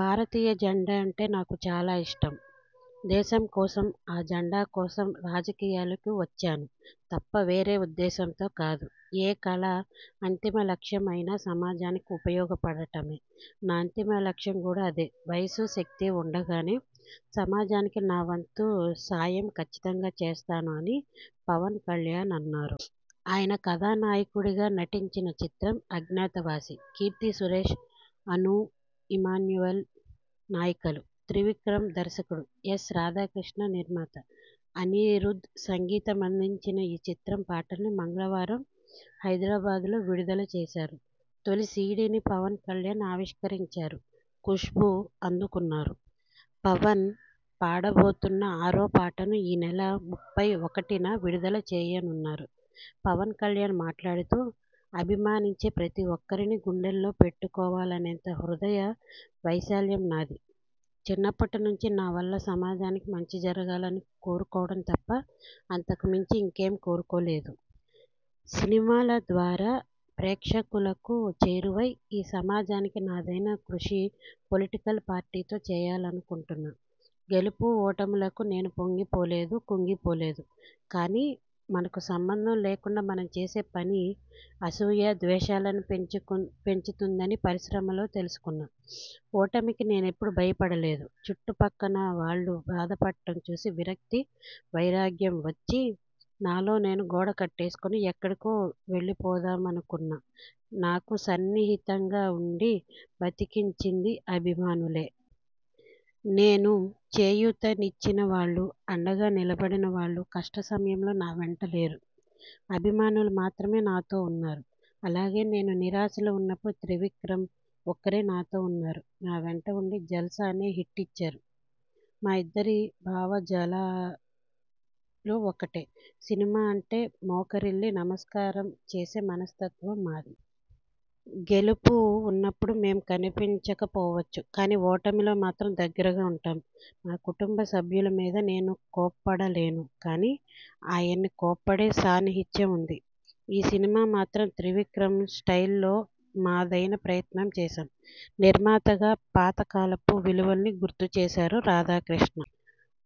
భారతీయ జెండా అంటే నాకు చాలా ఇష్టం. దేశం కోసం, ఆ జెండా కోసం రాజకీయాల్లోకి వచ్చాను తప్ప వేరే ఉద్దేశంతో కాదు. ఏ కళ అంతిమ లక్ష్యం అయినా సమాజానికి ఉపయోగపడటమే. నా అంతిమ లక్ష్యం కూడా అదే. వయసు, శక్తి ఉండగానే సమాజానికి నావంతు సాయం కచ్చితంగా చేస్తాను'' అని పవన్ కల్యాణ్ అన్నారు. ఆయన కథానాయకుడిగా నటించిన చిత్రం 'అజ్ఞాతవాసి'. కీర్తి సురేశ్, అనూ ఇమాన్యుయేల్ నాయికలు. త్రివిక్రమ్ దర్శకుడు. ఎస్. రాథాకృష్ణ నిర్మాత. అనిరుధ్ధ్ సంగీతం అందించిన ఈ చిత్రం పాటల్ని మంగళవారం హైదరాబాద్ లో విడుదల చేశారు. తొలి సీడీని పవన్ కల్యాణ్ ఆవిష్కరించారు. కుష్భు అందుకున్నారు. పవన్ పాడబోతున్న ఆరో పాటను ఈ నెల ముప్పై ఒకటిన విడుదల చెయ్యనున్నారు. పవన్ కల్యాణ్ మాట్లాడుతూ ''అభిమానించే ప్రతి ఒక్కరినీ గుండెల్లో పెట్టుకోవాలనేంత హృదయ వైశాల్యం నాది. చిన్నప్పటి నుంచీ నా వల్ల సమాజానికి మంచి జరగాలని కోరుకోవడం తప్ప అంతకు మించి ఇంకేం కోరుకోలేదు. సినిమాల ద్వారా ప్రేక్షకులకు చేరువై ఈ సమాజానికి నాదైన కృషి పొలిటికల్ పార్టీతో చెయ్యాలనుకుంటున్నా. గెలుపు, ఓటములకు నేను పొంగిపోలేదు కుంగిపోలేదు. కానీ మనకు సంబంధం లేకుండా మనం చేసే పని అసూయ, ద్వేషాలను పెంచుతుందని పరిశ్రమలో తెలుసుకున్నా. ఓటమికి నేనెప్పుడూ భయపడలేదు. చుట్టు పక్కన వాళ్లు బాధపడటం చూసి విరక్తి, వైరాగ్యం వచ్చి నాలో నేను గోడ కట్టేసుకుని ఎక్కడికో వెళ్లిపోదామనుకున్న నాకు సన్నిహితంగా ఉండి బతికించింది అభిమానులే. నేను చేయుతనిచ్చినవాళ్లు, అండగా నిలబడినవాళ్లు కష్ట సమయంలో నా వెంట లేరు. అభిమానులు మాత్రమే నాతో ఉన్నారు. అలాగే నేను నిరాశలో ఉన్నప్పుడు త్రివిక్రమ్ ఒక్కరే నాతో ఉన్నారు. నా వెంట ఉండి 'జల్సా' అనే హిట్ ఇచ్చారు. మా ఇద్దరి భావజాలాలు ఒక్కటే. సినిమా అంటే మోకరిల్లి నమస్కారం చేసే మనస్తత్వం మాది. గెలుపు ఉన్నప్పుడు మేం కనిపించకపోవచ్చు కానీ ఓటమిలో మాత్రం దగ్గరగా ఉంటాం. నా కుటుంబ సభ్యుల మీద నేను కోప్పడలేను కానీ ఆయన్ని కోప్పడే సాన్నిహిత్యం ఉంది. ఈ సినిమా మాత్రం త్రివిక్రమ్ స్టైల్ లో మాదైన ప్రయత్నం చేశాం. నిర్మాతగా పాతకాలపు విలువల్ని గుర్తు చేశారు రాధాకృష్ణ.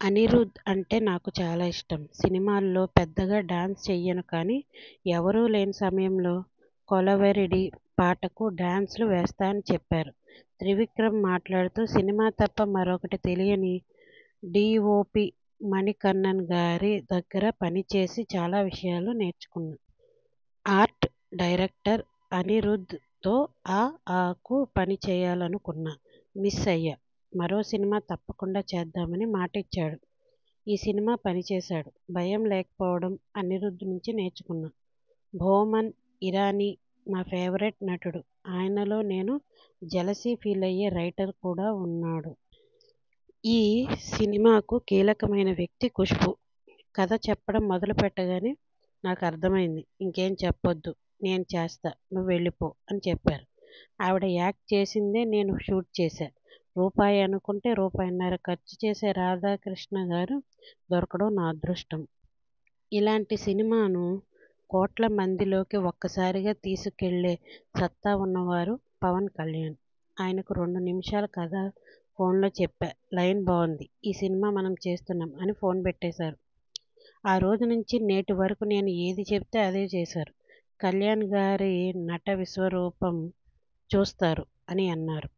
అనిరుధ్ అంటే నాకు చాలా ఇష్టం. సినిమాల్లో పెద్దగా డాన్స్ చెయ్యను కానీ ఎవరూలేని సమయంలో కొలవెరీ డీ పాటకు డాన్స్లు వేస్తా'' అని చెప్పారు. త్రివిక్రమ్ మాట్లాడుతూ ''సినిమా తప్ప మరొకటి తెలియని డిఓపి మణికణ్ణన్ గారి దగ్గర పని చేసి చాలా విషయాలు నేర్చుకున్నా. ఆర్ట్ డైరెక్టర్ అనిరుధ్థ్ తో 'అఆ'కు పనిచెయ్యాలనుకున్నా. మిస్ అయ్యా. మరో సినిమా తప్పకుండా చేద్దామని మాటిచ్చాడు. ఈ సినిమాకు పనిచేశాడు. భయం లేకపోవడం అనిరుధ్ నుంచీ నేర్చుకున్నా. బోమన్ ఇరానీ నా ఫేవరెట్ నటుడు. ఆయనలో నేను జెలసీ ఫీలయ్యే రైటర్ కూడా ఉన్నాడు. ఈ సినిమాకు కీలకమైన వ్యక్తి కుష్భూ. కథ చెప్పడం మొదలుపెట్టగానే 'నాకు అర్ధమైంది.. ఇంకేం చెప్నొద్దు. నేను చేస్తా నువ్వు వెళ్లిపో' అని చెప్పారు. ఆవిడ యాక్ట్ చేసిందే నేను షూట్ చేశా. రూపాయి అనుకుంటే రూపాయున్నర ఖర్చు చేసే రాధాకృష్ణగారు దొరకడం నా అదృష్టం. ఇలాంటి సినిమాను కోట్ల మందిలోకి ఒక్కసారిగా తీసుకెళ్లే సత్తా ఉన్నవారు పవన్ కల్యాణ్. ఆయనకు రెండు నిమిషాల కథ ఫోన్ లో చెప్పా. లైన్ బావుంది. ఈ సినిమా మనం చేస్తున్నాం అని ఫోన్ పెట్టేశారు. ఆరోజు నుంచీ నేటి వరకూ నేను ఏది చెబితే అదే చేశారు. కల్యాణ్ గారి నట విశ్వస్వరూపం చూస్తారు'' అని అన్నారు.